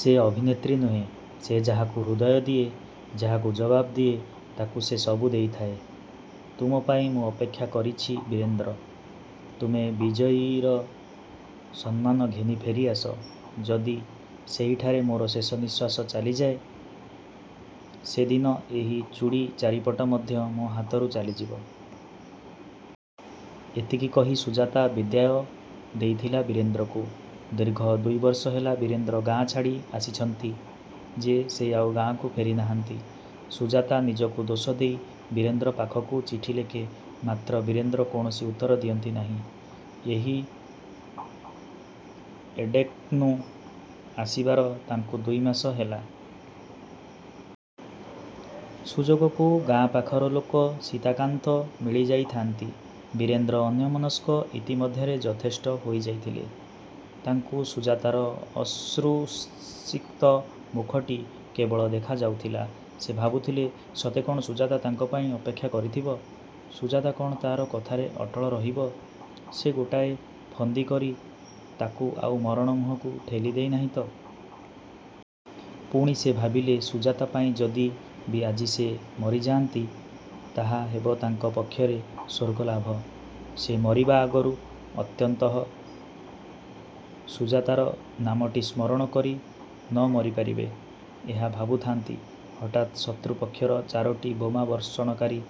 ସେ ଅଭିନେତ୍ରୀ ନୁହେଁ। ସେ ଯାହାକୁ ହୃଦୟ ଦିଏ, ଯାହାକୁ ଜବାବ୍ ଦିଏ, ତାକୁ ସେ ସବୁ ଦେଇଥାଏ। ତୁମ ପାଇଁ ମୁଁ ଅପେକ୍ଷା କରିଛି ବୀରେନ୍ଦ୍ର। ତୁମେ ବିଜୟୀର ସମ୍ମାନ ଘେନି ଫେରିଆସ। '' ''ଯଦି ସେହିଠାରେ ମୋର ଶେଷ ନିଶ୍ୱାସ ଚାଲିଯାଏ? '' ''ସେଦିନ ଏହି ଚୁଡ଼ି ଚାରିପଟ ମଧ୍ୟ ମୋ ହାତରୁ ଚାଲିଯିବ। '' ଏତିକି କହି ସୁଜାତା ବିଦାୟ ଦେଇଥିଲା ବୀରେନ୍ଦ୍ରକୁ। ଦୀର୍ଘ ଦୁଇବର୍ଷ ହେଲା ବୀରେନ୍ଦ୍ର ଗାଁ ଛାଡ଼ି ଆସିଛନ୍ତି ଯେ ସେ ଆଉ ଗାଁକୁ ଫେରିନାହାନ୍ତି। ସୁଜାତା ନିଜକୁ ଦୋଷ ଦେଇ ବୀରେନ୍ଦ୍ର ପାଖକୁ ଚିଠିଲେଖେ ମାତ୍ର ବୀରେନ୍ଦ୍ର କୌଣସି ଉତ୍ତର ଦିଅନ୍ତି ନାହିଁ। ଏହି ଏଡେନ୍କୁ ଆସିବାର ତାଙ୍କୁ ଦୁଇମାସ ହେଲା। ସୁଯୋଗକୁ ଗାଁ ପାଖର ଲୋକ ସୀତାକାନ୍ତ ମିଳିଯାଇଥାନ୍ତି। ବୀରେନ୍ଦ୍ର ଅନ୍ୟମନସ୍କ ଇତିମଧ୍ୟରେ ଯଥେଷ୍ଟ ହୋଇଯାଇଥିଲେ। ତାଙ୍କୁ ସୁଜାତାର ଅଶ୍ରୁସିକ୍ତ ମୁଖଟି କେବଳ ଦେଖାଯାଉଥିଲା। ସେ ଭାବୁଥିଲେ ସତେ କ'ଣ ସୁଜାତା ତାଙ୍କ ପାଇଁ ଅପେକ୍ଷା କରିଥିବ? ସୁଜାତା କ'ଣ ତା'ର କଥାରେ ଅଟଳ ରହିବ? ସେ ଗୋଟାଏ ଫନ୍ଦି କରି ତାକୁ ଆଉ ମରଣ ମୁହଁକୁ ଠେଲିଦେଇ ନାହିଁ ତ? ପୁଣି ସେ ଭାବିଲେ ସୁଜାତା ପାଇଁ ଯଦି ବି ଆଜି ସେ ମରିଯାଆନ୍ତି ତାହା ହେବ ତାଙ୍କ ପକ୍ଷରେ ସ୍ୱର୍ଗଲାଭ। ସେ ମରିବା ଆଗରୁ ଅନ୍ତତଃ ସୁଜାତାର ନାମଟି ସ୍ମରଣ କରି ତ ମରିପାରିବେ। ଏହା ଭାବୁଥାନ୍ତି, ହଠାତ୍ ଶତ୍ରୁ ପକ୍ଷର ଚାରୋଟି ବୋମାବର୍ଷଣକାରୀ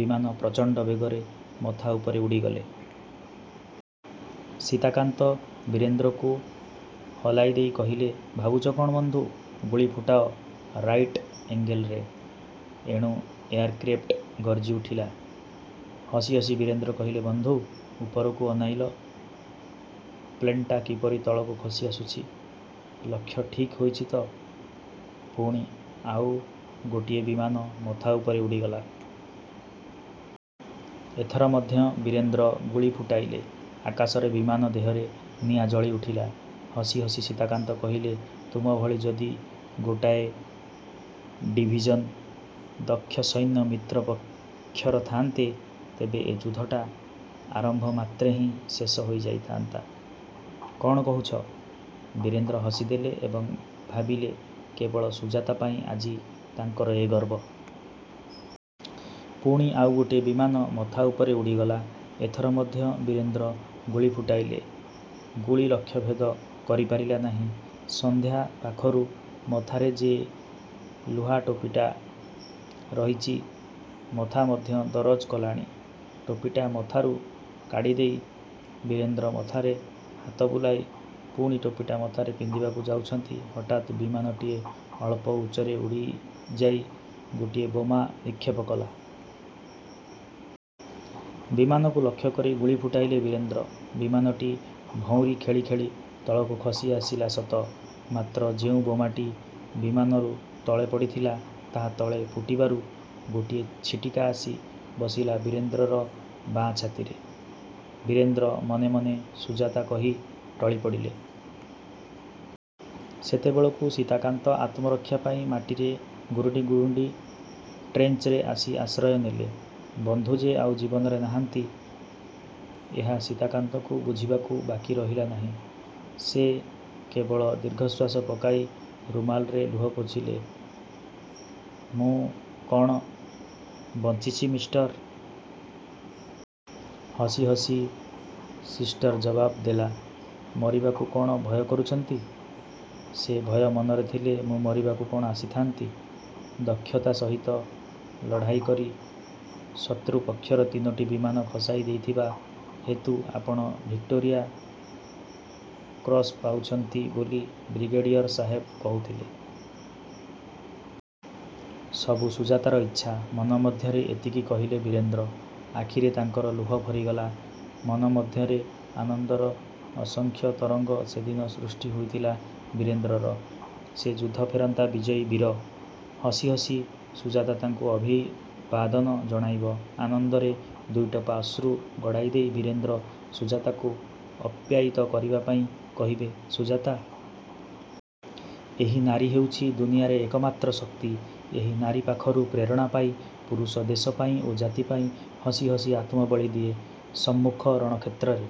ବିମାନ ପ୍ରଚଣ୍ଡ ବେଗରେ ମଥା ଉପରେ ଉଡ଼ିଗଲେ। ସୀତାକାନ୍ତ ବୀରେନ୍ଦ୍ରକୁ ହଲାଇଦେଇ କହିଲେ, ''ଭାବୁଛ କ'ଣ ବନ୍ଧୁ! ଗୁଳି ଫୁଟାଅ ରାଇଟ୍ ଏଙ୍ଗେଲରେ। '' ଏଣୁ ଏୟାର କ୍ରେପ୍ଟ ଗର୍ଜିଉଠିଲା। ହସିହସି ବୀରେନ୍ଦ୍ର କହିଲେ, ବନ୍ଧୁ! ଉପରକୁ ଅନାଇଲ। ପ୍ଲେନ୍ଟା କିପରି ତଳକୁ ଖସିଆସୁଛି। ଲକ୍ଷ୍ୟ ଠିକ୍ ହୋଇଛି ତ? '' ପୁଣି ଆଉ ଗୋଟିଏ ବିମାନ ମଥା ଉପରେ ଉଡ଼ିଗଲା। ଏଥର ମଧ୍ୟ ବୀରେନ୍ଦ୍ର ଗୁଳିଫୁଟାଇଲେ। ଆକାଶରେ ବିମାନ ଦେହରେ ନିଆଁ ଜଳିଉଠିଲା। ହସି ହସି ସୀତାକାନ୍ତ କହିଲେ, ''ତୁମଭଳି ଯଦି ଗୋଟାଏ ଡିଭିଜନ୍ ଦକ୍ଷସୈନ୍ୟ ମିତ୍ର ପକ୍ଷର ଥାଆନ୍ତେ, ତେବେ ଏ ଯୁଦ୍ଧଟା ଆରମ୍ଭ ମାତ୍ରେ ହିଁ ଶେଷ ହୋଇଯାଇଥାଆନ୍ତା। କ'ଣ କହୁଛ? '' ବୀରେନ୍ଦ୍ର ହସିଦେଲେ ଏବଂ ଭାବିଲେ କେବଳ ସୁଜାତା ପାଇଁ ଆଜି ତାଙ୍କର ଏ ଗର୍ବ। ପୁଣି ଆଉ ଗୋଟିଏ ବିମାନ ମଥା ଉପରେ ଉଡ଼ିଗଲା। ଏଥର ମଧ୍ୟ ବୀରେନ୍ଦ୍ର ଗୁଳି ଫୁଟାଇଲେ। ଗୁଳି ଲକ୍ଷ୍ୟଭେଦ କରିପାରିଲା ନାହିଁ। ସନ୍ଧ୍ୟା ପାଖରୁ ମଥାରେ ଯେ ଲୁହାଟୋପିଟା ରହିଛି ମଥା ମଧ୍ୟ ଦରଜ କଲାଣି। ଟୋପିଟା ମଥାରୁ କାଢ଼ିଦେଇ ବୀରେନ୍ଦ୍ର ମଥାରେ ହାତ ବୁଲାଇ ପୁଣି ଟୋପିଟା ମଥାରେ ପିନ୍ଧିବାକୁ ଯାଉଛନ୍ତି ହଠାତ୍ ବିମାନଟିଏ ଅଳ୍ପ ଉଚ୍ଚରେ ଉଡ଼ିଯାଇ ଗୋଟିଏ ବୋମା ନିକ୍ଷେପକଲା। ବିମାନକୁ ଲକ୍ଷ୍ୟକରି ଗୁଳି ଫୁଟାଇଲେ ବୀରେନ୍ଦ୍ର। ବିମାନଟି ଭଉଁରୀ ଖେଳି ଖେଳି ତଳକୁ ଖସି ଆସିଲା ସତ; ମାତ୍ର ଯେଉଁ ବୋମାଟି ବିମାନରୁ ତଳେ ପଡ଼ିଥିଲା ତାହା ତଳେ ଫୁଟିବାରୁ ଗୋଟିଏ ଛିଟିକା ଆସି ବସିଲା ବୀରେନ୍ଦ୍ରର ବାଁ ଛାତିରେ। ବୀରେନ୍ଦ୍ର ମନେମନେ 'ସୁଜାତା' କହି ଟଳିପଡ଼ିଲେ। ସେତେବେଳକୁ ସୀତାକାନ୍ତ ଆତ୍ମରକ୍ଷା ପାଇଁ ମାଟିରେ ଗୁରୁଣ୍ଡି ଗୁରୁଣ୍ଡି ଟ୍ରେଞ୍ଚରେ ଆସି ଆଶ୍ରୟ ନେଲେ। ବନ୍ଧୁ ଯେ ଆଉ ଜୀବନରେ ନାହାନ୍ତି ଏହା ସୀତାକାନ୍ତଙ୍କୁ ବୁଝିବାକୁ ବାକି ରହିଲା ନାହିଁ। ସେ କେବଳ ଦୀର୍ଘଶ୍ୱାସ ପକାଇ ରୁମାଲରେ ଲୁହ ପୋଛିଲେ। ''ମୁଁ କ'ଣ। ବଞ୍ଚିଛି ମିସ୍ଟର! '' ହସି ହସି ସିସ୍ଟର ଜବାବ୍ ଦେଲା, ''ମରିବାକୁ କ'ଣ ଭୟ କରୁଛନ୍ତି? '' ସେ ଭୟ ମନରେ ଥିଲେ ମୁଁ ମରିବାକୁ କ'ଣ ଆସିଥାନ୍ତି? ''ଦକ୍ଷତା ସହିତ ଲଢ଼ାଇ କରି ଶତ୍ରୁପକ୍ଷର ତିନୋଟି ବିମାନ ଖସାଇ ଦେଇଥିବା ହେତୁ ଆପଣ ଭିକ୍ଟୋରିଆ କ୍ରଶ ପାଉଛନ୍ତି ବୋଲି ବ୍ରିଗେଡ଼ିଆର ସାହେବ କହୁଥିଲେ। '' ''ସବୁ ସୁଜାତାର ଇଚ୍ଛା'' ମନ ମଧ୍ୟରେ ଏତିକି କହିଲେ ବୀରେନ୍ଦ୍ର। ଆଖିରେ ତାଙ୍କର ଲୁହ ଭରିଗଲା। ମନ ମଧ୍ୟରେ ଆନନ୍ଦର ଅସଂଖ୍ୟ ତରଙ୍ଗ ସେଦିନ ସୃଷ୍ଟି ହୋଇଥିଲା ବୀରେନ୍ଦ୍ରର। ସେ ଯୁଦ୍ଧ ଫେରନ୍ତା ବିଜୟୀ ବୀର। ହସି ହସି ସୁଜାତା ତାଙ୍କୁ ଅଭିବାଦନ ଜଣାଇବ, ଆନନ୍ଦରେ ଦୁଇଟୋପା ଅଶ୍ରୁ ଗଡ଼ାଇଦେଇ ବୀରେନ୍ଦ୍ର ସୁଜାତାକୁ ଆପ୍ୟାୟିତ କରିବା ପାଇଁ କହିବେ ''ସୁଜାତା! ଏହି ନାରୀ ହେଉଛି ଦୁନିଆରେ ଏକମାତ୍ର ଶକ୍ତି। ଏହି ନାରୀ ପାଖରୁ ପ୍ରେରଣା ପାଇ ପୁରୁଷ ଦେଶ ପାଇଁ ଓ ଜାତି ପାଇଁ ହସିହସି ଆତ୍ମବଳି ଦିଏ ସମ୍ମୁଖ ରଣକ୍ଷେତ୍ରରେ।